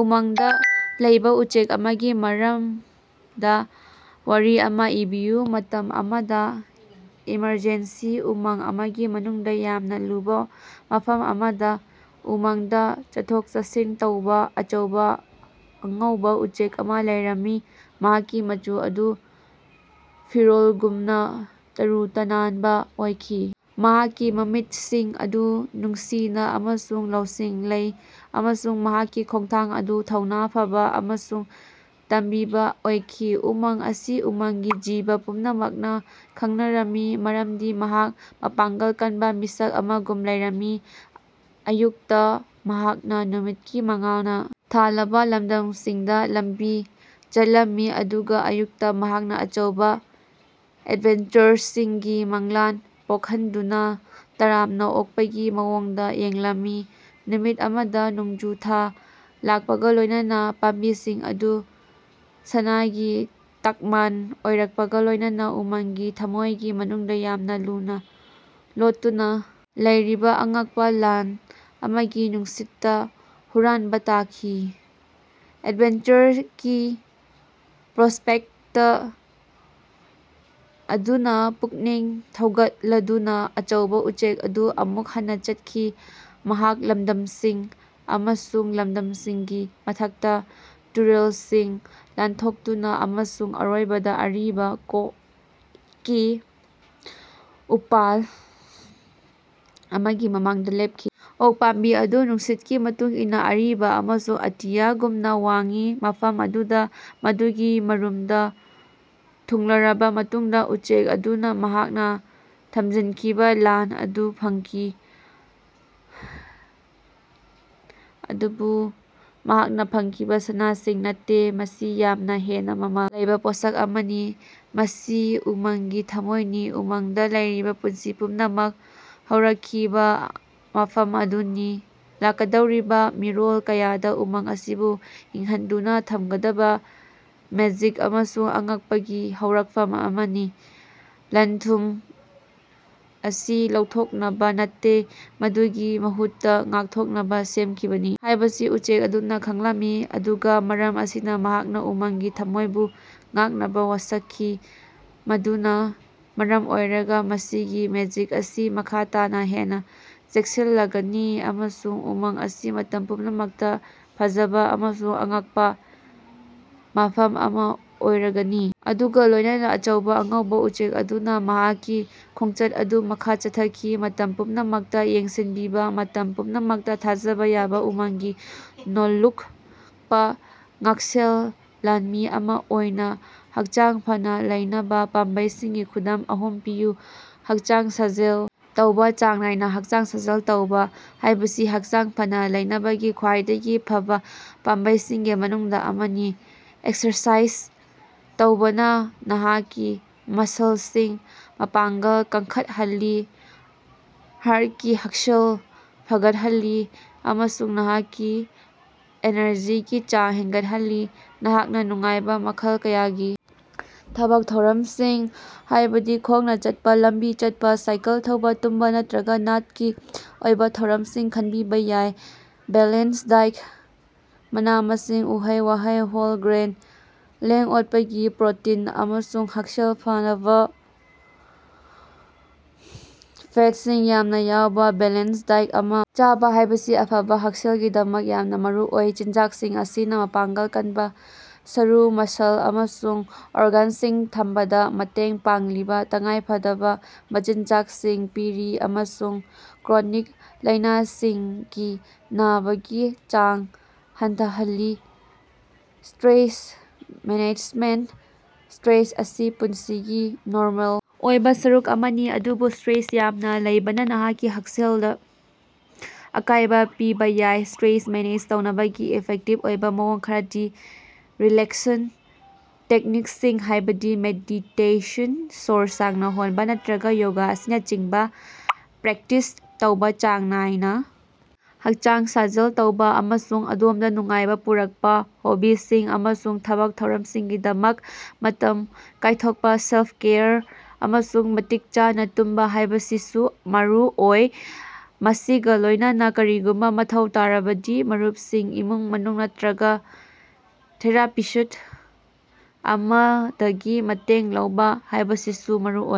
ꯎꯃꯪꯗꯥ ꯂꯩꯕꯥ ꯎꯆꯦꯛ ꯑꯃꯒꯤ ꯃꯔꯝꯗꯥ ꯋꯥꯔꯤ ꯑꯃꯥ ꯏꯕꯤꯌꯨ꯫ ꯃꯇꯝ ꯑꯃꯗ ꯏꯃꯔꯖꯦꯟꯁꯤ ꯎꯃꯪ ꯑꯃꯒꯤ ꯃꯅꯨꯡꯗ ꯌꯥꯝꯅ ꯂꯨꯕ ꯃꯐꯝ ꯑꯃꯗ ꯎꯃꯪꯗꯥ ꯆꯠꯊꯣꯛ-ꯆꯠꯁꯤꯟ ꯇꯧꯕꯥ ꯑꯆꯧꯕꯥ ꯑꯉꯧꯕꯥ ꯎꯆꯦꯛ ꯑꯃ ꯂꯩꯔꯝꯃꯤ꯫ ꯃꯍꯥꯛꯀꯤ ꯃꯆꯨ ꯑꯗꯨ ꯐꯤꯔꯣꯜꯒꯨꯝꯅ ꯇꯔꯨ ꯇꯅꯥꯟꯕ ꯑꯣꯏꯈꯤ ꯃꯍꯥꯛꯀꯤ ꯃꯃꯤꯠꯁꯤꯡ ꯑꯗꯨ ꯅꯨꯡꯁꯤꯅ ꯑꯃꯁꯨꯡ ꯂꯧꯁꯤꯡ ꯂꯩ ꯑꯃꯁꯨꯡ ꯃꯍꯥꯛꯀꯤ ꯈꯣꯡꯊꯥꯡ ꯑꯗꯨ ꯊꯧꯅꯥ ꯐꯕ ꯑꯃꯁꯨꯡ ꯇꯝꯕꯤꯕꯥ ꯑꯣꯏꯈꯤ꯫ ꯎꯃꯪ ꯑꯁꯤ ꯎꯃꯪꯒꯤ ꯖꯤꯕ ꯄꯨꯝꯅꯃꯛꯅ ꯈꯪꯅꯔꯝꯃꯤ ꯃꯔꯝꯗꯤ ꯃꯍꯥꯛ ꯃꯄꯥꯡꯒꯜ ꯀꯟꯕ ꯃꯤꯁꯛ ꯑꯃꯒꯨꯝ ꯂꯩꯔꯝꯃꯤ꯫ ꯑꯌꯨꯛꯇ ꯃꯍꯥꯛꯅ ꯅꯨꯃꯤꯠꯀꯤ ꯃꯉꯥꯜꯅ ꯊꯜꯂꯕ ꯂꯝꯗꯝꯁꯤꯡꯗ ꯂꯝꯕꯤ ꯆꯠꯂꯝꯃꯤ ꯑꯗꯨꯒ ꯑꯌꯨꯛꯇ ꯃꯍꯥꯛꯅ ꯑꯆꯧꯕ ꯑꯦꯗꯚꯦꯟꯆꯔꯁꯤꯡꯒꯤ ꯃꯪꯂꯥꯟ ꯄꯣꯛꯍꯟꯗꯨꯅ ꯇꯔꯥꯝꯅ ꯑꯣꯛꯄꯒꯤ ꯃꯑꯣꯡꯗ ꯌꯦꯡꯂꯝꯃꯤ꯫ ꯅꯨꯃꯤꯠ ꯑꯃꯗ ꯅꯣꯡꯖꯨ ꯊꯥ ꯂꯥꯛꯄꯒ ꯂꯣꯢꯅꯅ ꯄꯥꯝꯕꯤꯁꯤꯡ ꯑꯗꯨ ꯁꯅꯥꯒꯤ ꯇꯛꯃꯥꯟ ꯑꯣꯏꯔꯛꯄꯒ ꯂꯣꯢꯅꯅꯥ ꯎꯃꯪꯒꯤ ꯊꯝꯃꯣꯢꯒꯤ ꯃꯅꯨꯡꯗ ꯌꯥꯝꯅ ꯂꯨꯅ ꯂꯣꯠꯇꯨꯅ ꯂꯩꯔꯤꯕ ꯑꯉꯛꯄ ꯂꯟ ꯑꯃꯒꯤ ꯅꯨꯡꯁꯤꯠꯇꯥ ꯍꯨꯔꯥꯟꯕ ꯇꯥꯈꯤ꯫ ꯑꯦꯗꯚꯦꯟꯆꯔꯒꯤ ꯄ꯭ꯔꯣꯁꯄꯦꯛꯇ ꯑꯗꯨꯅꯥ ꯄꯨꯛꯅꯤꯡ ꯊꯧꯒꯠꯂꯗꯨꯅꯥ ꯑꯆꯧꯕꯥ ꯎꯆꯦꯛ ꯑꯗꯨ ꯑꯃꯨꯛ ꯍꯟꯅꯥ ꯆꯠꯈꯤ꯫ ꯃꯍꯥꯛ ꯂꯝꯗꯝꯁꯤꯡ ꯑꯃꯁꯨꯡ ꯂꯝꯗꯝꯁꯤꯡꯒꯤ ꯃꯊꯛꯇ ꯇꯨꯔꯦꯜꯁꯤꯡ ꯂꯥꯟꯊꯣꯛꯇꯨꯅ ꯑꯃꯁꯨꯡ ꯑꯔꯣꯏꯕꯗ ꯑꯔꯤꯕ ꯀꯣꯛꯀꯤ ꯎꯄꯥꯜ ꯑꯃꯒꯤ ꯃꯃꯥꯡꯗ ꯂꯦꯞꯈꯤ꯫ ꯑꯣꯛ ꯄꯥꯝꯕꯤ ꯑꯗꯨ ꯅꯨꯡꯁꯤꯠꯀꯤ ꯃꯇꯨꯡ ꯏꯟꯅ ꯑꯔꯤꯕ ꯑꯃꯁꯨꯡ ꯑꯇꯤꯌꯥꯒꯨꯝꯅ ꯋꯥꯡꯏ ꯃꯐꯝ ꯑꯗꯨꯗ ꯃꯗꯨꯒꯤ ꯃꯔꯨꯝꯗ ꯊꯨꯡꯂꯔꯕ ꯃꯇꯨꯡꯗ ꯎꯆꯦꯛ ꯑꯗꯨꯅ ꯃꯍꯥꯛꯅ ꯊꯝꯖꯤꯟꯈꯤꯕ ꯂꯥꯟ ꯑꯗꯨ ꯐꯪꯈꯤ꯫ ꯑꯗꯨꯕꯨ ꯃꯍꯥꯛꯅ ꯐꯪꯈꯤꯕ ꯁꯅꯥ ꯁꯤꯡ ꯅꯠꯇꯦ ꯃꯁꯤ ꯌꯥꯝꯅ ꯍꯦꯟꯅ ꯃꯃꯜ ꯂꯩꯕꯥ ꯄꯣꯠꯁꯛ ꯑꯃꯅꯤ꯫ ꯃꯁꯤ ꯎꯃꯪꯒꯤ ꯊꯃꯣꯏꯅꯤ ꯎꯃꯪꯗꯥ ꯂꯩꯔꯤꯕꯥ ꯄꯨꯟꯁꯤ ꯄꯨꯝꯅꯃꯛ ꯍꯧꯔꯛꯈꯤꯕ ꯃꯐꯝ ꯑꯗꯨꯅꯤ ꯂꯥꯛꯀꯗꯧꯔꯤꯕꯥ ꯃꯤꯔꯣꯜ ꯀꯌꯥꯗ ꯎꯃꯪ ꯑꯁꯤꯕꯨ ꯍꯤꯡꯍꯟꯗꯨꯅ ꯊꯝꯒꯗꯕ ꯃꯦꯖꯤꯛ ꯑꯃꯁꯨꯡ ꯑꯉꯛꯄꯒꯤ ꯍꯧꯔꯛꯐꯝ ꯑꯃꯅꯤ꯫ ꯂꯟ-ꯊꯨꯝ ꯑꯁꯤ ꯂꯧꯊꯣꯛꯅꯕ ꯅꯠꯇꯦ ꯃꯗꯨꯒꯤ ꯃꯍꯨꯠꯇ ꯉꯥꯛꯊꯣꯛꯅꯕ ꯁꯦꯝꯈꯤꯕꯅꯤ ꯍꯥꯢꯕꯁꯤ ꯎꯆꯦꯛ ꯑꯗꯨꯅ ꯈꯪꯂꯝꯃꯤ꯫ ꯑꯗꯨꯒ ꯃꯔꯝ ꯑꯁꯤꯅ ꯃꯍꯥꯛꯅ ꯎꯃꯪꯒꯤ ꯊꯝꯃꯣꯢꯕꯨ ꯉꯥꯛꯅꯕ ꯋꯥꯁꯛꯈꯤ ꯃꯗꯨꯅ ꯃꯔꯝ ꯑꯣꯏꯔꯒ ꯃꯁꯤꯒꯤ ꯃꯦꯖꯤꯛ ꯑꯁꯤ ꯃꯈꯥ ꯇꯥꯅ ꯍꯦꯟꯅ ꯆꯦꯛꯁꯤꯜꯂꯒꯅꯤ ꯑꯃꯁꯨꯡ ꯎꯃꯪ ꯑꯁꯤ ꯃꯇꯝ ꯄꯨꯝꯅꯃꯛꯇ ꯐꯖꯕ ꯑꯃꯁꯨꯡ ꯑꯉꯛꯄ ꯃꯐꯝ ꯑꯃ ꯑꯣꯏꯔꯒꯅꯤ꯫ ꯑꯗꯨꯒ ꯂꯣꯢꯅꯅ ꯑꯆꯧꯕ ꯑꯉꯧꯕ ꯎꯆꯦꯛ ꯑꯗꯨꯅ ꯃꯍꯥꯛꯀꯤ ꯈꯣꯡꯆꯠ ꯑꯗꯨ ꯃꯈꯥ ꯆꯠꯊꯈꯤ ꯃꯇꯝ ꯄꯨꯝꯅꯃꯛꯇ ꯌꯦꯡꯁꯤꯟꯕꯤꯕ ꯃꯇꯝ ꯄꯨꯝꯅꯃꯛꯇ ꯊꯥꯖꯕ ꯌꯥꯕ ꯎꯃꯪꯒꯤ ꯅꯣꯜꯂꯨꯛꯄ ꯉꯥꯛꯁꯦꯜ ꯂꯥꯟꯃꯤ ꯑꯃꯥ ꯑꯣꯏꯅ꯫ ꯍꯛꯆꯥꯡ ꯐꯅ ꯂꯩꯅꯕ ꯄꯥꯝꯕꯩꯁꯤꯡꯒꯤ ꯈꯨꯗꯝ ꯑꯍꯨꯝ ꯄꯤꯌꯨ꯫ ꯍꯛꯆꯥꯡ ꯁꯥꯖꯦꯜ ꯇꯧꯕꯥ: ꯆꯥꯡ ꯅꯥꯏꯅ ꯍꯛꯆꯥꯡ ꯁꯥꯖꯦꯜ ꯇꯧꯕꯥ ꯍꯥꯢꯕꯁꯤ ꯍꯛꯆꯥꯡ ꯐꯅꯥ ꯂꯩꯅꯕꯒꯤ ꯈ꯭ꯋꯥꯏꯗꯒꯤ ꯐꯕ ꯄꯥꯝꯕꯩꯁꯤꯡꯒꯤ ꯃꯅꯨꯡꯗ ꯑꯃꯅꯤ꯫ ꯑꯦꯛꯁꯔꯁꯥꯏꯖ ꯇꯧꯕꯅ ꯅꯍꯥꯛꯀꯤ ꯃꯁꯜꯁꯤꯡ ꯃꯄꯥꯡꯒꯜ ꯀꯟꯈꯠꯍꯜꯂꯤ ꯍꯥꯔꯇꯀꯤ ꯍꯛꯁꯦꯜ ꯐꯒꯠꯍꯜꯂꯤ ꯑꯃꯁꯨꯡ ꯅꯍꯥꯛꯀꯤ ꯑꯦꯅꯔꯖꯤꯒꯤ ꯆꯥꯡ ꯍꯦꯟꯒꯠꯍꯜꯂꯤ꯫ ꯅꯍꯥꯛꯅ ꯅꯨꯡꯉꯥꯏꯕ ꯃꯈꯜ ꯀꯌꯥꯒꯤ ꯊꯕꯛ ꯊꯧꯔꯝꯁꯤꯡ ꯍꯥꯢꯕꯗꯤ ꯈꯣꯡꯅꯥ ꯆꯠꯄ ꯂꯝꯕꯤ ꯆꯠꯄꯥ, ꯁꯥꯏꯀꯜ ꯊꯧꯕꯥ, ꯇꯨꯝꯕꯥ ꯅꯠꯇ꯭ꯔꯒ ꯅꯥꯠꯀꯤ ꯑꯣꯏꯕ ꯊꯧꯔꯝꯁꯤꯡ ꯈꯟꯕꯤꯕ ꯌꯥꯏ꯫ ꯕꯦꯂꯦꯟꯁ ꯗꯥꯏꯠ: ꯃꯅꯥ-ꯃꯁꯤꯡ, ꯎꯍꯩ-ꯋꯥꯍꯩ, ꯍꯣꯜ ꯒ꯭ꯔꯦꯟ, ꯂꯦꯡ-ꯑꯣꯠꯄꯒꯤ ꯄ꯭ꯔꯣꯇꯤꯟ ꯑꯃꯁꯨꯡ ꯍꯛꯁꯦꯜ ꯐꯅꯕ ꯐꯦꯠꯁꯤꯡ ꯌꯥꯝꯅ ꯌꯥꯎꯕ ꯕꯦꯂꯦꯟꯁ ꯗꯥꯏꯠ ꯑꯃ ꯆꯥꯕ ꯍꯥꯢꯕꯁꯤ ꯑꯐꯕ ꯍꯛꯁꯦꯜꯒꯤꯗꯃꯛ ꯌꯥꯝꯅ ꯃꯔꯨꯑꯣꯏ꯫ ꯆꯤꯟꯖꯥꯛꯁꯤꯡ ꯑꯁꯤꯅ ꯃꯄꯥꯡꯒꯜ ꯀꯟꯕ ꯁꯔꯨ, ꯃꯁꯜ ꯑꯃꯁꯨꯡ ꯑꯣꯔꯒꯥꯟꯁꯤꯡ ꯊꯝꯕꯗ ꯃꯇꯦꯡ ꯄꯥꯡꯂꯤꯕ ꯇꯉꯥꯏꯐꯗꯕ ꯃꯆꯤꯟꯖꯥꯛꯁꯤꯡ ꯄꯤꯔꯤ ꯑꯃꯁꯨꯡ ꯀ꯭ꯔꯣꯅꯤꯛ ꯂꯥꯢꯅꯁꯤꯡꯒꯤ ꯅꯕꯒꯤ ꯆꯥꯡ ꯍꯟꯊꯍꯜꯂꯤ꯫ ꯁ꯭ꯇꯔꯦꯁ ꯃꯦꯅꯦꯖꯃꯦꯟ: ꯁꯇ꯭ꯔꯦꯁ ꯑꯁꯤ ꯄꯨꯟꯁꯤꯒꯤ ꯅꯣꯔꯃꯦꯜ ꯑꯣꯏꯕ ꯁꯔꯨꯛ ꯑꯃꯅꯤ ꯑꯗꯨꯕꯨ ꯁꯇ꯭ꯔꯦꯁ ꯌꯥꯝꯅ ꯂꯩꯕꯅꯥ ꯅꯍꯥꯛꯀꯤ ꯍꯛꯁꯦꯜꯗ ꯑꯀꯥꯢꯕ ꯄꯤꯕꯥ ꯌꯥꯏ꯫ ꯁꯇ꯭ꯔꯦꯁ ꯃꯦꯅꯦꯖ ꯇꯧꯅꯕꯒꯤ ꯏꯐꯦꯛꯇꯤꯚ ꯑꯣꯏꯕ ꯃꯑꯣꯡ ꯈꯔꯗꯤ ꯔꯤꯂꯦꯛꯁꯟ ꯇꯦꯛꯅꯤꯛꯁꯤꯡ ꯍꯥꯢꯕꯗꯤ ꯃꯦꯗꯤꯇꯦꯁꯟ, ꯁꯣꯔ ꯁꯥꯡꯅ ꯍꯣꯟꯕ ꯅꯠꯇ꯭ꯔꯒ ꯌꯣꯒꯥ ꯑꯁꯤꯅꯆꯤꯡꯕ ꯄ꯭ꯔꯦꯛꯇꯤꯁ ꯇꯧꯕꯥ ꯆꯥꯡ ꯅꯥꯏꯅ ꯍꯛꯆꯥꯡ ꯁꯥꯖꯦꯜ ꯇꯧꯕꯥ ꯑꯃꯁꯨꯡ ꯑꯗꯣꯝꯗ ꯅꯨꯡꯉꯥꯏꯕ ꯄꯨꯔꯛꯄ ꯍꯣꯕꯤꯁꯤꯡ ꯑꯃꯁꯨꯡ ꯊꯕꯛ ꯊꯧꯔꯝꯁꯤꯡꯒꯤꯗꯃꯛ ꯃꯇꯝ ꯀꯥꯢꯊꯣꯛꯄ꯫ ꯁꯦꯜꯐ-ꯀꯦꯌꯔ ꯑꯃꯁꯨꯡ ꯃꯇꯤꯛ ꯆꯥꯅ ꯇꯨꯝꯕ ꯍꯥꯢꯕꯁꯤꯁꯨ ꯃꯔꯨꯑꯣꯏ ꯃꯁꯤꯒꯥ ꯂꯣꯢꯅꯅꯥ ꯀꯔꯤꯒꯨꯝꯕ ꯃꯊꯧ ꯇꯥꯔꯕꯗꯤ ꯃꯔꯨꯞꯁꯤꯡ ꯏꯃꯨꯡ-ꯃꯅꯨꯡ ꯅꯠꯇ꯭ꯔꯒꯥ ꯊꯦꯔꯥꯄꯤꯁ꯭ꯠ ꯑꯃꯗꯒꯤ ꯃꯇꯦꯡ ꯂꯧꯕꯥ ꯍꯥꯢꯕꯁꯤꯁꯨ ꯃꯔꯨꯑꯣꯏ꯫